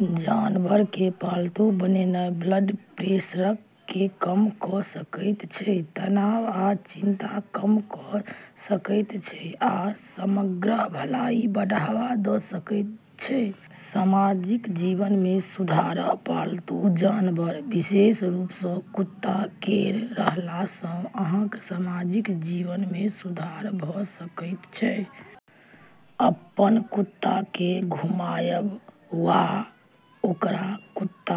जानवरकेँ पालतू बनानाय ब्लड प्रेशरकेँ कम कऽ सकैत छै, तनाव आ चिंताकेँ कम कऽ सकैत छै आ समग्र भलाईकेँ बढ़ावा दऽ सकैत छै। सामाजिक जीवनमे सुधार: पालतू जानवर, विशेष रूपसँ कुत्ता केर रहलासँ अहाँक सामाजिक जीवनमे सुधार भऽ सकैत छै। अपन कुत्ताकेँ घुमाबय वा ओकरा कुत्ता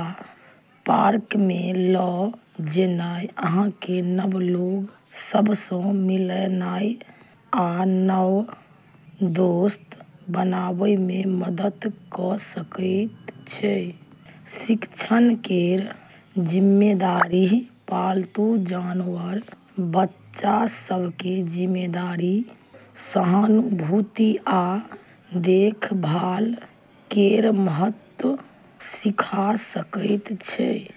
पार्कमे ल' जेनाय अहाँकेँ नव लोग सभसँ मिलनाय आ नव दोस्त बनाबैमे मदद कऽ सकैत छै। शिक्षण केर जिम्मेदारी: पालतू जानवर बच्चा सभकेँ जिम्मेदारी, सहानुभूति, आ देखभाल केर महत्व सिखा सकैत छै।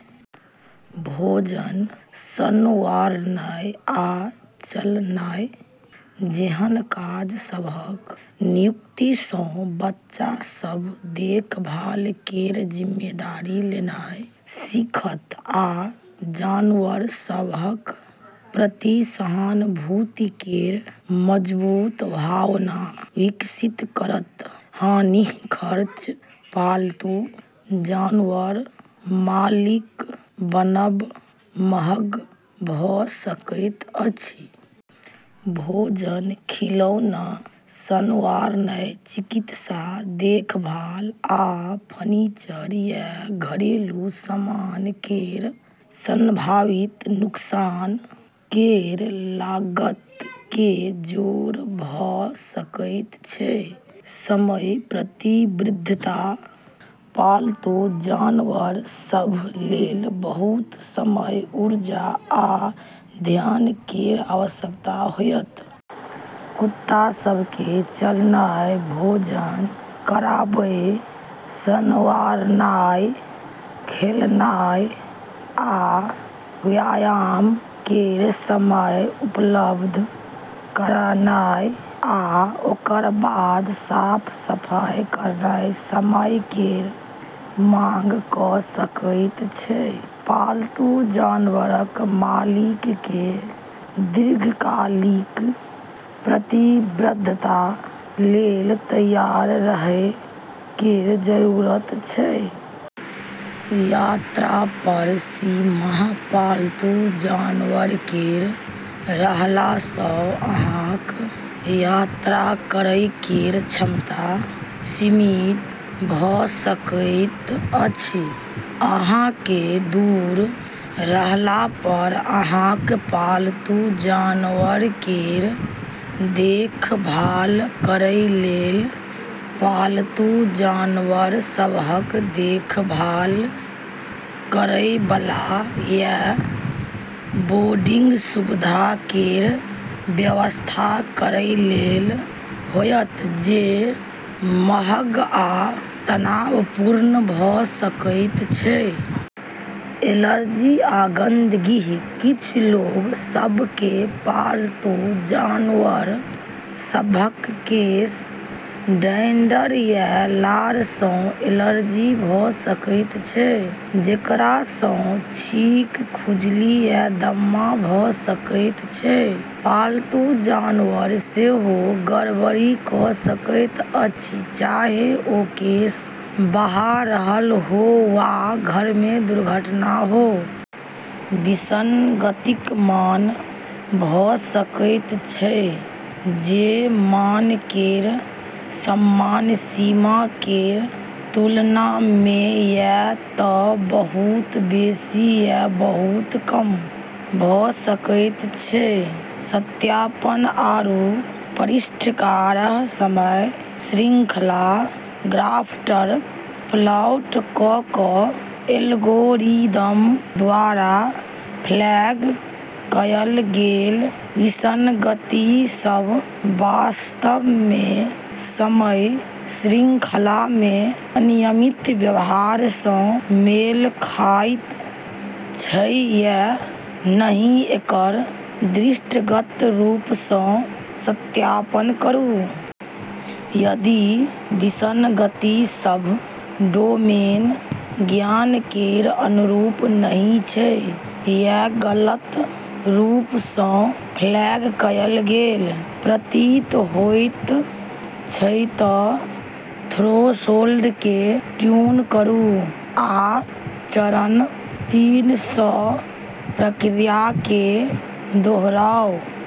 भोजन, संवारनाय, आ चलनाय जेहन काज सभक नियुक्तिसँ बच्चा सभ देखभाल केर जिम्मेदारी लेनाय सीखत आ जानवर सभक प्रति सहानुभूति केर मजबूत भावना विकसित करत। हानि: खर्च: पालतू जानवरक मालिक बनब महग भऽ सकैत अछि। भोजन, खिलौना, संवारनाय, चिकित्सा देखभाल, आ फर्नीचर या घरेलू सामान केर संभावित नुकसान केर लागतकेँ जोड़ भऽ सकैत छै। समय प्रतिबद्धता: पालतू जानवर सभ लेल बहुत समय, ऊर्जा, आ ध्यान केर आवश्यकता होयत। कुत्ता सभकेँ चलनाय, भोजन कराबै, संवारनाय, खेलनाय आ व्यायाम केर समय उपलब्ध करानाय, आ ओकर बाद साफ-सफाई करनाय समय केर मांग कऽ सकैत छै। पालतू जानवरक मालिककेँ दीर्घकालिक प्रतिबद्धता लेल तैयार रहै केर जरूरत छै। यात्रापर सीमा: पालतू जानवर केर रहलासँ अहाँक यात्रा करै केर क्षमता सीमित भऽ सकैत अछि। अहाँकेँ दूर रहलापर अहाँक पालतू जानवर केर देखभाल करै लेल पालतू जानवर सभक देखभाल करैबला या बोर्डिंग सुविधा केर व्यवस्था करै लेल होयत, जे महग आ तनावपूर्ण भऽ सकैत छै। एलर्जी आ गंदगी: किछु लोग सभकेँ पालतू जानवर सभक केश, डैंडर, या लारसँ एलर्जी भऽ सकैत छै, जेकरासँ छींक, खुजली, या दमा भऽ सकैत छै। पालतू जानवर सेहो गड़बड़ी कऽ सकैत अछि, चाहे ओ केश बहा रहल हो वा घरमे दुर्घटना हो। विसंगतिक मान भऽ सकैत छै जे मान केर सामान्य सीमा केर तुलनामे या तँ बहुत बेसी या बहुत कम भऽ सकैत छै। सत्यापन आरू परिष्कार: समय श्रृंखला ग्राफपर प्लॉट कऽ कऽ एल्गोरिदम द्ववारा फ्लैग कएल गेल विसंगति सभ वास्तवमे समय श्रृंखलामे अनियमित व्यवहारसँ मेल खाइत छै या नहि, एकर दृष्टिगत रूपसँ सत्यापन करू। यदि विसंगति सभ डोमेन ज्ञान केर अनुरूप नहि छै या गलत रूपसँ फ्लैग कएल गेल प्रतीत होइत छै, तँ थ्रेशोल्डकेँ ट्यून करू आ चरण तीन सँ प्रक्रियाकेँ दोहराउ।